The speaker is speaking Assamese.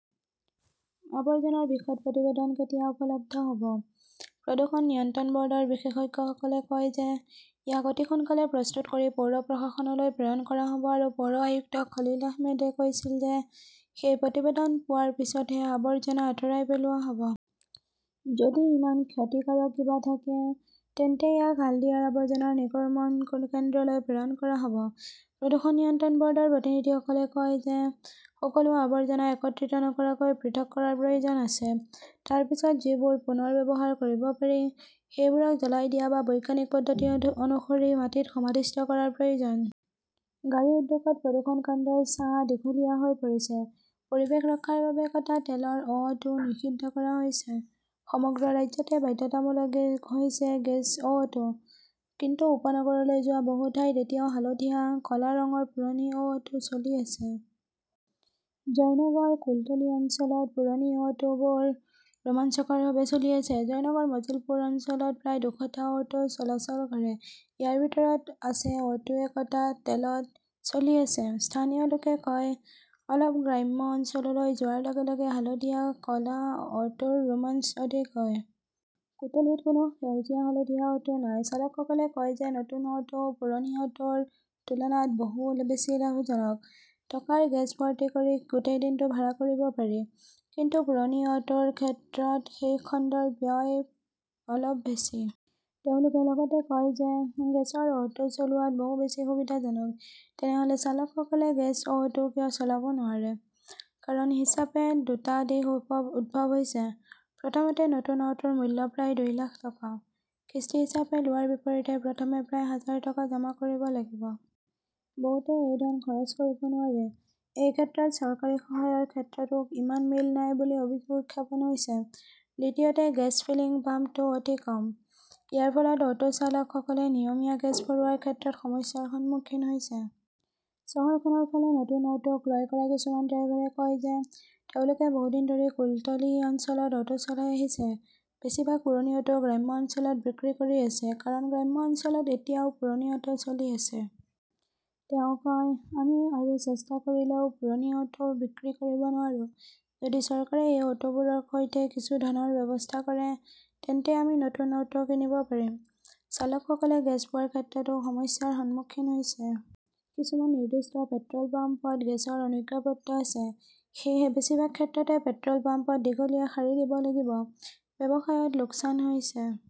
আৱৰ্জনাৰ বিশদ প্ৰতিবেদন কেতিয়া উপলব্ধ হব? প্ৰদূষণ নিয়ন্ত্ৰণ বৰ্ডৰ বিশেষজ্ঞসকলে কয় যে, ইয়াক অতি সোনকালেই প্ৰস্তুত কৰি পৌৰ প্ৰশাসনলৈ প্ৰেৰণ কৰা হব আৰু পৌৰ আয়ুক্ত খলিল আহমেদে কৈছিল যে, সেই প্ৰতিবেদন পোৱাৰ পিছতহে আৱৰ্জনা আঁতৰাই পেলোৱা হব। যদি ইমান ক্ষতিকাৰক কিবা থাকে, তেন্তে ইয়াক হালদিয়াৰ আৱৰ্জনা নিৰ্গমন কেন্দ্ৰলৈ প্ৰেৰণ কৰা হব। প্ৰদূষণ নিয়ন্ত্ৰণ বৰ্ডৰ প্ৰতিনিধিসকলে কয় যে, সকলো আৱৰ্জনা একত্ৰিত নকৰাকৈ পৃথক কৰাৰ প্ৰয়োজন আছে। তাৰ পিছত যিবোৰ পুনৰ ব্যৱহাৰ কৰিব পাৰি, সেইবোৰক জ্বলাই দিয়া বা বৈজ্ঞানিক পদ্ধতি অনুসৰি মাটিত সমাধিস্থ কৰাৰ প্ৰয়োজন। গাড়ী উদ্যোগত প্ৰদূষণ কাণ্ডৰ ছাঁ দীঘলীয়া হৈ পৰিছে । পৰিৱেশ ৰক্ষাৰ বাবে কটা তেলৰ অ'টো নিষিদ্ধ কৰা হৈছে। সমগ্ৰ ৰাজ্যতে বাধ্যতামূলক হৈছে গেছ অ'টো। কিন্তু উপনগৰলৈ যোৱা বহু ঠাইত এতিয়াও হালধীয়া-ক'লা ৰঙৰ পুৰণি অ'টো চলি আছে। জয়নগৰ-কুলতলি অঞ্চলত পুৰণি অ'টোবোৰ ৰোমাঞ্চকৰভাৱে চলি আছে। জয়নগৰ-মজিলপুৰ পৌৰ অঞ্চলত প্ৰায় দুশটা অ'টো চলাচল কৰে। ইয়াৰ ভিতৰত আছে অ'টোৱে কটা তেলত চলি আছে, স্থানীয় লোকে কয়। অলপ গ্ৰাম্য অঞ্চললৈ যোৱাৰ লগে লগে হালধীয়া-ক 'লা অ'টোৰ ৰোমাঞ্চ অধিক হয়। কুটলিত কোনো সেউজীয়া-হালধীয়া অ'টো নাই। চালকসকলে কয় যে, নতুন অ'টো পুৰণি অ'টোৰ তুলনাত বহু বেছি লাভজনক। টকাৰ গেছ ভৰ্তি কৰি গোটেই দিনটো ভাড়া কৰিব পাৰি। কিন্তু পুৰণি অ'টোৰ ক্ষেত্ৰত সেই খণ্ডৰ ব্যয় অলপ বেছি। তেওঁলোকে লগতে কয় যে, গেছৰ অ'টো চলোৱাটো বহু বেছি সুবিধাজনক। তেনেহলে চালকসকলে গেছ অ'টো কিয় চলাব নোৱাৰে? কাৰণ হিচাপে দুটা দিশ উদ্ভৱ হৈছে। প্ৰথমতে, নতুন অ'টোৰ মূল্য প্ৰায় দুই লাখ টকা। কিস্তি হিচাপে লোৱাৰ বিপৰীতে প্ৰথমে প্ৰায় হাজাৰ টকা জমা কৰিব লাগিব। বহুতে এই ধন খৰচ কৰিব নোৱাৰে। এই ক্ষেত্ৰত চৰকাৰী সহায়ৰ ক্ষেত্ৰতো ইমান মিল নাই বুলি অভিযোগ উত্থাপন হৈছে। দ্বিতীয়তে, গেছ ফিলিং পাম্পটো অতি কম। ইয়াৰ ফলত অ'টো চালকসকলে নিয়মীয়া গেছ ভৰোৱাৰ ক্ষেত্ৰত সমস্যাৰ সন্মুখীন হৈছে। চহৰখনৰ ফালে নতুন অ'টো ক্ৰয় কৰা কিছুমান ড্ৰাইভাৰে কয় যে, তেওঁলোকে বহু দিন ধৰি কুলতলি অঞ্চলত অ'টো চলাই আহিছে। বেছিভাগ পুৰণি অ'টো গ্ৰাম্য অঞ্চলত বিক্ৰী কৰি আছে। কাৰণ গ্ৰাম্য অঞ্চলত এতিয়াও পুৰণি অ'টো চলি আছে। তেওঁ কয়, "আমি আৰু চেষ্টা কৰিলেও পুৰণি অ'টো বিক্ৰী কৰিব নোৱাৰো। যদি চৰকাৰে এই অ'টোবোৰৰ সৈতে কিছু ধনৰ ব্যৱস্থা কৰে, তেন্তে আমি নতুন অ'টোও কিনিব পাৰিম"। চালকসকলে গেছ পোৱাৰ ক্ষেত্ৰতো সমস্যাৰ সন্মুখীন হৈছে। কিছুমান নিৰ্দিষ্ট পেট্ৰল পাম্পত গেছৰ অনুজ্ঞাপত্ৰ আছে। সেয়েহে বেছিভাগ ক্ষেত্ৰতে পেট্ৰল পাম্পত দীঘলীয়া শাৰী দিব লাগিব। ব্যৱসায়ত লোকচান হৈছে।